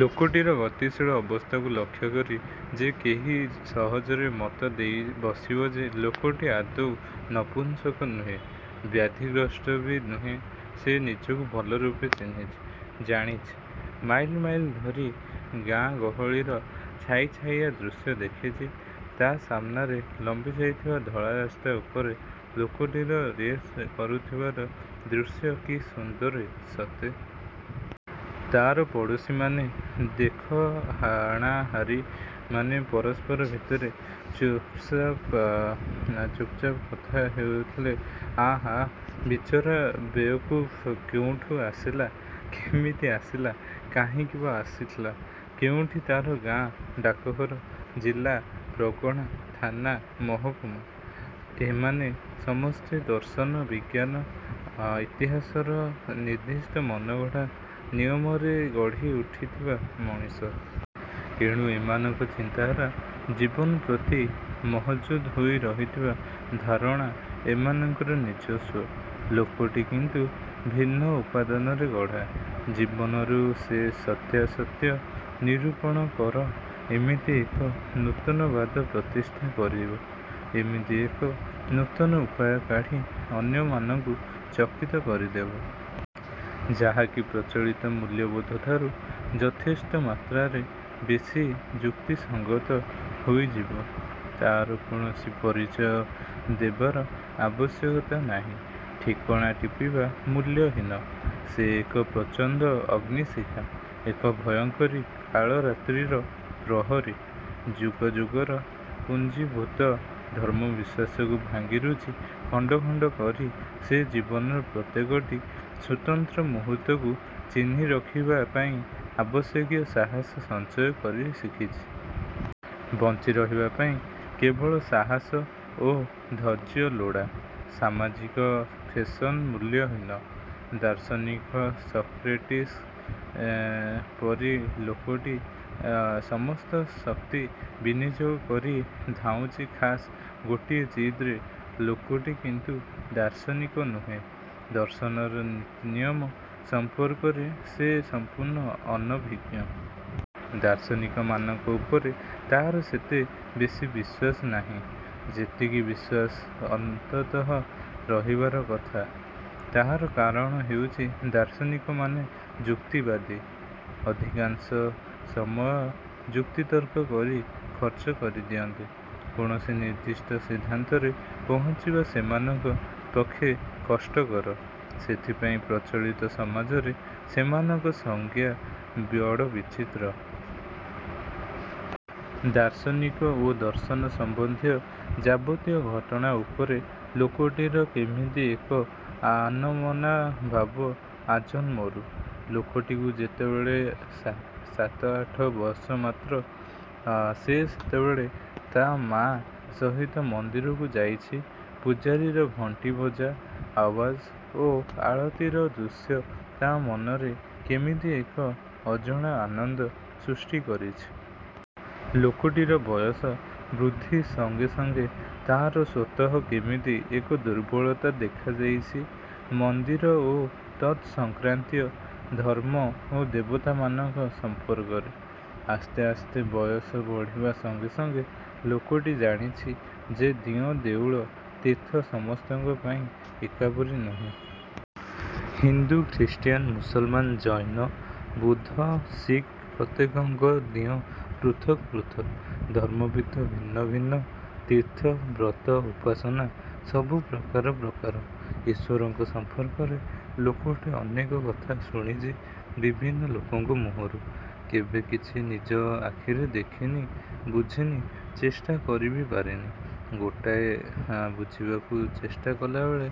ଲୋକଟିର ଗତିଶୀଳ ଅବସ୍ଥାକୁ ଲକ୍ଷ୍ୟକରି ଯେ କେହି ସହଜରେ ମତ ଦେଇ ବସିବ ଯେ, ଲୋକଟି ଆଦୌ ନପୁଂସକ୍ ନୁହେଁ। ବ୍ୟାଧିଗ୍ରସ୍ତ ବି ନୁହେଁ। ସେ ନିଜକୁ ଭଲରୂପେ ଚିହ୍ନିଚି। ଜାଣିଛି। ମାଇଲ୍ ମାଇଲ୍ ଧରି ଗାଁ ଗହଳିର ଛାଇ ଛାଇଆ ଦୃଶ୍ୟ ଦେଖିଛି। ତା' ସାମନାରେ ଲମ୍ବି ଯାଇଥିବା ଧଳାରାସ୍ତା ଉପରେ ଲୋକଟିର ରେସ୍ କରୁଥିବାର ଦୃଶ୍ୟ କି ସୁନ୍ଦର ସତେ! ତା'ର ପଡ଼ୋଶୀମାନେ ଦେଖଣାହାରୀମାନେ ପରସ୍ପର ଭିତରେ ଚୁପ୍ଚାପ୍ କଥା ହେଉଥିଲେ ''ଆହାଃ, ବିଚରା, ବେୟକୁଫ୍, କୋଉଠୁଁ ଆସିଲା? କେମିତି ଆସିଲା? କାହିଁକି ବା ଆସିଥିଲା? କେଉଁଠି ତା'ର ଗାଁ, ଡାକଘର, ଜିଲ୍ଲା, ପ୍ରଗଣା, ଥାନା, ମହକୁମା,? ଏମାନେ ସମସ୍ତେ ଦର୍ଶନ, ବିଜ୍ଞାନ, ଇତିହାସର ନିର୍ଦ୍ଦିଷ୍ଟ ମନଗଢ଼ା ନିୟମରେ ଗଢ଼ି ଉଠିଥିବା ମଣିଷ। ଏଣୁ ଏମାନଙ୍କ ଚିନ୍ତାଧାରା ଜୀବନ ପ୍ରତି ମହଜୁଦ୍ ହୋଇ ରହିଥିବା ଧାରଣା, ଏମାନଙ୍କର ନିଜସ୍ୱ। ଲୋକଟି କିନ୍ତୁ ଭିନ୍ନ ଉପାଦାନରେ ଗଢ଼ା। ଜୀବନରୁ ସେ ସତ୍ୟାସତ୍ୟ ନିରୂପଣ କର ଏମିତି ଏକ ନୂତନବାଦ ପ୍ରତିଷ୍ଠା କରିବ। ଏମିତି ଏକ ନୂତନ ଉପାୟ କାଢ଼ି ଅନ୍ୟମାନଙ୍କୁ ଚକିତ କରିଦେବ। ଯାହାକି ପ୍ରଚଳିତ ମୂଲ୍ୟବୋଧଠାରୁ ଯଥେଷ୍ଟ ମାତ୍ରାରେ ବେଶୀ ଯୁକ୍ତିସଂଗତ ହୋଇଯିବ। ତା'ର କୌଣସି ପରିଚୟ ଦେବାର ଆବଶ୍ୟକତା ନାହିଁ। ଠିକଣା ଟିପିବା ମୂଲ୍ୟହୀନ। ସେ ଏକ ପ୍ରଚଣ୍ଡ ଅଗ୍ନିଶିଖା! ଏକ ଭୟଙ୍କରୀ କାଳରାତ୍ରିର ପ୍ରହରୀ। ଯୁଗ ଯୁଗର ପୁଞ୍ଜିଭୂତ ଧର୍ମ ବିଶ୍ୱାସକୁ ଭାଙ୍ଗିରୁଜି ଖଣ୍ଡଖଣ୍ଡ କରି ସେ ଜୀବନର ପ୍ରତ୍ୟେକଟି ସ୍ୱତନ୍ତ୍ର ମୁହୂର୍ତ୍ତକୁ ଚିହ୍ନି ରଖିବା ପାଇଁ ଆବଶ୍ୟକୀୟ ସାହାସ ସଞ୍ଚୟ କରି ଶିଖିଛି। ବଞ୍ଚିରହିବା ପାଇଁ କେବଳ ସାହାସ ଓ ଧୈର୍ଯ୍ୟ ଲୋଡ଼ା-। ସାମାଜିକ ଫେସନ ମୂଲ୍ୟହୀନ। ଦାର୍ଶନିକ ସକ୍ରେଟିସ୍ଙ୍କ ପରି ଲୋକଟି ସମସ୍ତ ଶକ୍ତି ବିନିଯୋଗ କରି ଧାଉଁଛି ଖାସ୍ ଗୋଟିଏ ଜିଦ୍ ରେ। ଲୋକଟି କିନ୍ତୁ ଦାର୍ଶନିକ ନୁହେଁ। ଦର୍ଶନର ନୀତି ନିୟମ ସମ୍ପର୍କରେ ସେ ସମ୍ପୂର୍ଣ୍ଣ ଅନଭିଜ୍ଞ। ଦାର୍ଶନିକମାନଙ୍କ ଉପରେ ତା'ର ସେତେ ବେଶୀ ବିଶ୍ୱାସ ନାହିଁ-। ଯେତିକି ବିଶ୍ୱାସ ଅନ୍ତତଃ ରହିବାର କଥା। ତା'ର କାରଣ ହେଉଛି ଦାର୍ଶନିକମାନେ ଯୁକ୍ତିବାଦୀ-। ଅଧିକାଂଶ ସମୟ ଯୁକ୍ତିତର୍କ କରି ଖର୍ଚ୍ଚ କରି ଦିଅନ୍ତି। କୌଣସି ନିର୍ଦ୍ଦିଷ୍ଟ ସିଦ୍ଧାନ୍ତରେ ପହଞ୍ଚିବା ସେମାନଙ୍କ ପକ୍ଷେ କଷ୍ଟକର। ସେଥିପାଇଁ ପ୍ରଚଳିତ ସମାଜରେ ସେମାନଙ୍କ ସଂଜ୍ଞା ବଡ଼ ବିଚିତ୍ର-। ଦାର୍ଶନିକ ଓ ଦର୍ଶନ ସମ୍ବନ୍ଧୀୟ ଯାବତୀୟ ଘଟଣା ଉପରେ ଲୋକଟିର କେମିତି ଏକ ଆନମନା ଭାବ ଆଜନ୍ମରୁ। ଲୋକଟିକୁ ଯେତେବେଳେ ସାତଆଠ ବର୍ଷ ମାତ୍ର। ସେ ସେତେବେଳେ ତା' ମା ସହିତ ମନ୍ଦିରକୁ ଯାଇଛି, ପୂଜାରୀର ଘଣ୍ଟିବଜା ଆଓ୍ୱାଜ ଓ ଆଳତୀର ଦୃଶ୍ୟ ତା' ମନରେ କେମିତି ଏକ ଅଜଣା ଆନନ୍ଦ ସୃଷ୍ଟି କରିଛି। ଲୋକଟିର ବୟସ ବୃଦ୍ଧି ସଙ୍ଗେ ସଙ୍ଗେ ତା'ର ସ୍ୱତଃ କେମିତି ଏକ ଦୁର୍ବଳତା ଦେଖା ଦେଇଛି ମନ୍ଦିର ଓ ତତ୍ ସଂକ୍ରାନ୍ତୀୟ ଧର୍ମ ଓ ଦେବତାମାନଙ୍କ ସମ୍ପର୍କରେ। ଆସ୍ତେ ଆସ୍ତେ ବୟସ ବଢ଼ିବା ସଙ୍ଗେସଙ୍ଗେ ଲୋକଟି ଜାଣିଛି ଯେ ଦିଅଁ, ଦେଉଳ, ତୀର୍ଥ ସମସ୍ତଙ୍କ ପାଇଁ ଏକାପରି ନୁହେଁ। ହିନ୍ଦୁ; ଖ୍ରୀଷ୍ଟିୟାନ, ମୁସଲମାନ, ଜୈନ, ବୁଦ୍ଧ, ଶିଖ ପ୍ରତ୍ୟେକଙ୍କ ଦିଅଁ ପୃଥକ ପୃଥକ। ଧର୍ମପୀଠ ଭିନ୍ନ ଭିନ୍ନ, ତୀର୍ଥ, ବ୍ରତ, ଉପାସନା ସବୁ ପ୍ରକାର ପ୍ରକାର। ଈଶ୍ୱରଙ୍କ ସମ୍ପର୍କରେ ଲୋକଟି ଅନେକ କଥା ଶୁଣିଛି ବିଭିନ୍ନ ଲୋକଙ୍କ ମୁହଁରୁ। କେବେ କିଛି ନିଜ ଆଖିରେ ଦେଖିନି। ବୁଝିନି। ଚେଷ୍ଟା କରି ବି ପାରିନି। ଗୋଟିଏ ବୁଝିବାକୁ ଚେଷ୍ଟା କଲାବେଳେ